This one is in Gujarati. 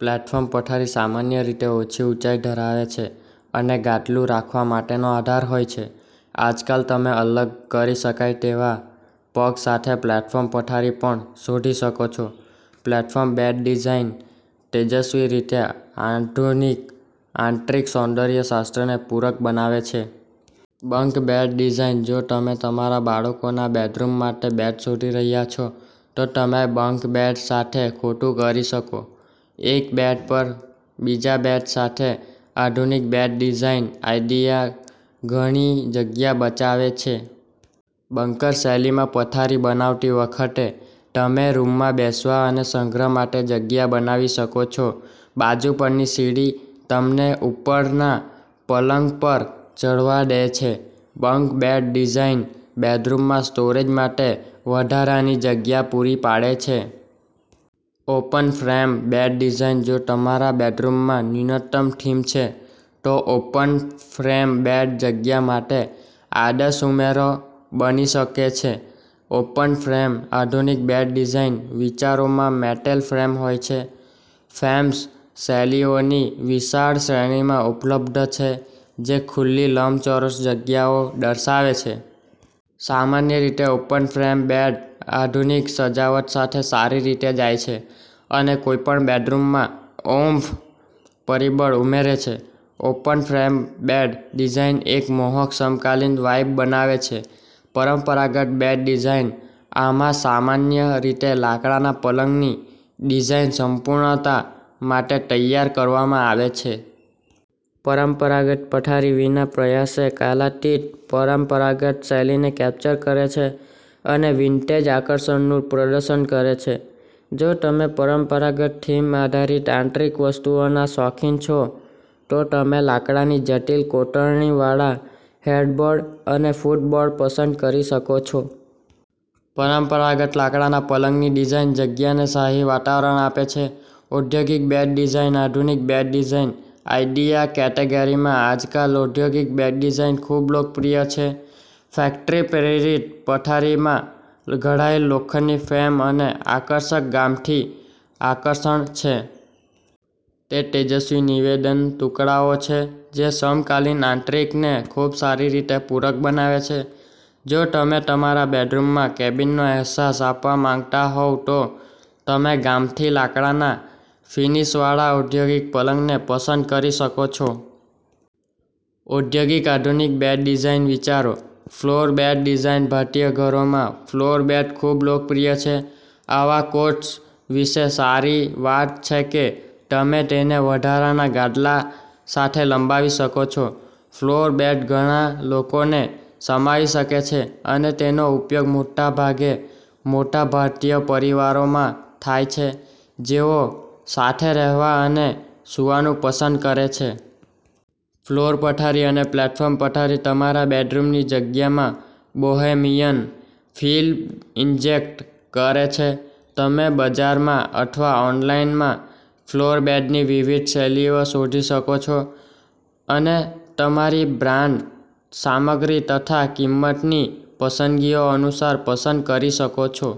પ્લેટફોર્મ પથારી સામાન્ય રીતે ઓછી ઊંચાઈ ધરાવે છે અને ગાદલું રાખવા માટેનો આધાર હોય છે. આજકાલ, તમે અલગ કરી શકાય તેવા પગ સાથે પ્લેટફોર્મ પથારી પણ શોધી શકો છો. પ્લેટફોર્મ બેડ ડિઝાઇન તેજસ્વી રીતે આધુનિક આંતરિક સૌંદર્ય શાસ્ત્રને પૂરક બનાવે છે. બંક બેડ ડિઝાઇન જો તમે તમારા બાળકોના બેડરૂમ માટે બેડ શોધી રહ્યા છો, તો તમે બંક બેડ સાથે ખોટું કરી શકો. એક બેડ પર બીજા બેડ સાથે, આધુનિક બેડ ડિઝાઇન આઇડિયા ઘણી જગ્યા બચાવે છે. બંકર શૈલીમાં પથારી બનાવતી વખતે, તમે રૂમમાં બેસવા અને સંગ્રહ માટે જગ્યા બનાવી શકો છો. બાજુ પરની સીડી તમને ઉપરના પલંગ પર ચઢવા દે છે. બંક બેડ ડિઝાઇન બેડરૂમમાં સ્ટોરેજ માટે વધારાની જગ્યા પૂરી પાડે છે. ઓપન ફ્રેમ બેડ ડિઝાઇન જો તમારા બેડરૂમમાં ન્યૂનતમ થીમ છે, તો ઓપન ફ્રેમ બેડ જગ્યા માટે આદર્શ ઉમેરો બની શકે છે. ઓપન-ફ્રેમ આધુનિક બેડ ડિઝાઇન વિચારોમાં મેટલ ફ્રેમ હોય છે. ફ્રેમ્સ શૈલીઓની વિશાળ શ્રેણીમાં ઉપલબ્ધ છે જે ખુલ્લી લંબચોરસ જગ્યાઓ દર્શાવે છે. સામાન્ય રીતે, ઓપન ફ્રેમ બેડ આધુનિક સજાવટ સાથે સારી રીતે જાય છે અને કોઈપણ બેડરૂમમાં ઓમ્ફ પરિબળ ઉમેરે છે. ઓપન ફ્રેમ બેડ ડિઝાઇન એક મોહક સમકાલીન વાઇબ બનાવે છે. પરંપરાગત બેડ ડિઝાઇન આમાં સામાન્ય રીતે લાકડાના પલંગની ડિઝાઇન સંપૂર્ણતા માટે તૈયાર કરવામાં આવે છે. પરંપરાગત પથારી વિના પ્રયાસે કાલાતીત પરંપરાગત શૈલીને કેપ્ચર કરે છે અને વિન્ટેજ આકર્ષણનું પ્રદર્શન કરે છે. જો તમે પરંપરાગત થીમ આધારિત આંતરિક વસ્તુઓના શોખીન છો, તો તમે લાકડાની જટિલ કોતરણીવાળા હેડબોર્ડ અને ફૂટબોર્ડ પસંદ કરી શકો છો. પરંપરાગત લાકડાના પલંગની ડિઝાઇન જગ્યાને શાહી વાતાવરણ આપે છે. ઔદ્યોગિક બેડ ડિઝાઇન આધુનિક બેડ ડિઝાઇન આઇડિયા કેટેગરીમાં આજકાલ ઔદ્યોગિક બેડ ડિઝાઇન ખૂબ લોકપ્રિય છે. ફેક્ટરી-પ્રેરિત પથારીમાં ઘડાયેલ લોખંડની ફ્રેમ અને આકર્ષક ગામઠી આકર્ષણ છે. તે તેજસ્વી નિવેદન ટુકડાઓ છે જે સમકાલીન આંતરિકને ખૂબ સારી રીતે પૂરક બનાવે છે. જો તમે તમારા બેડરૂમમાં કેબિનનો અહેસાસ આપવા માંગતા હોવ તો તમે ગામઠી લાકડાના ફિનિશવાળા ઔદ્યોગિક પલંગને પસંદ કરી શકો છો. ઔદ્યોગિક આધુનિક બેડ ડિઝાઇન વિચારો. ફ્લોર બેડ ડિઝાઇન ભારતીય ઘરોમાં ફ્લોર બેડ ખૂબ લોકપ્રિય છે. આવા કોટ્સ વિશે સારી વાત છે કે તમે તેને વધારાના ગાદલા સાથે લંબાવી શકો છો. ફ્લોર બેડ ઘણા લોકોને સમાવી શકે છે અને તેનો ઉપયોગ મોટાભાગે મોટા ભારતીય પરિવારોમાં થાય છે જેઓ સાથે રહેવા અને સૂવાનું પસંદ કરે છે. ફ્લોર પથારી અને પ્લેટફોર્મ પથારી તમારા બેડરૂમની જગ્યામાં બોહેમિયન ફીલ ઇન્જેક્ટ કરે છે. તમે બજારમાં અથવા ઑનલાઇનમાં ફ્લોર બેડની વિવિધ શૈલીઓ શોધી શકો છો, અને તમારી બ્રાન્ડ, સામગ્રી તથા કિંમતની પસંદગીઓ અનુસાર પસંદ કરી શકો છો.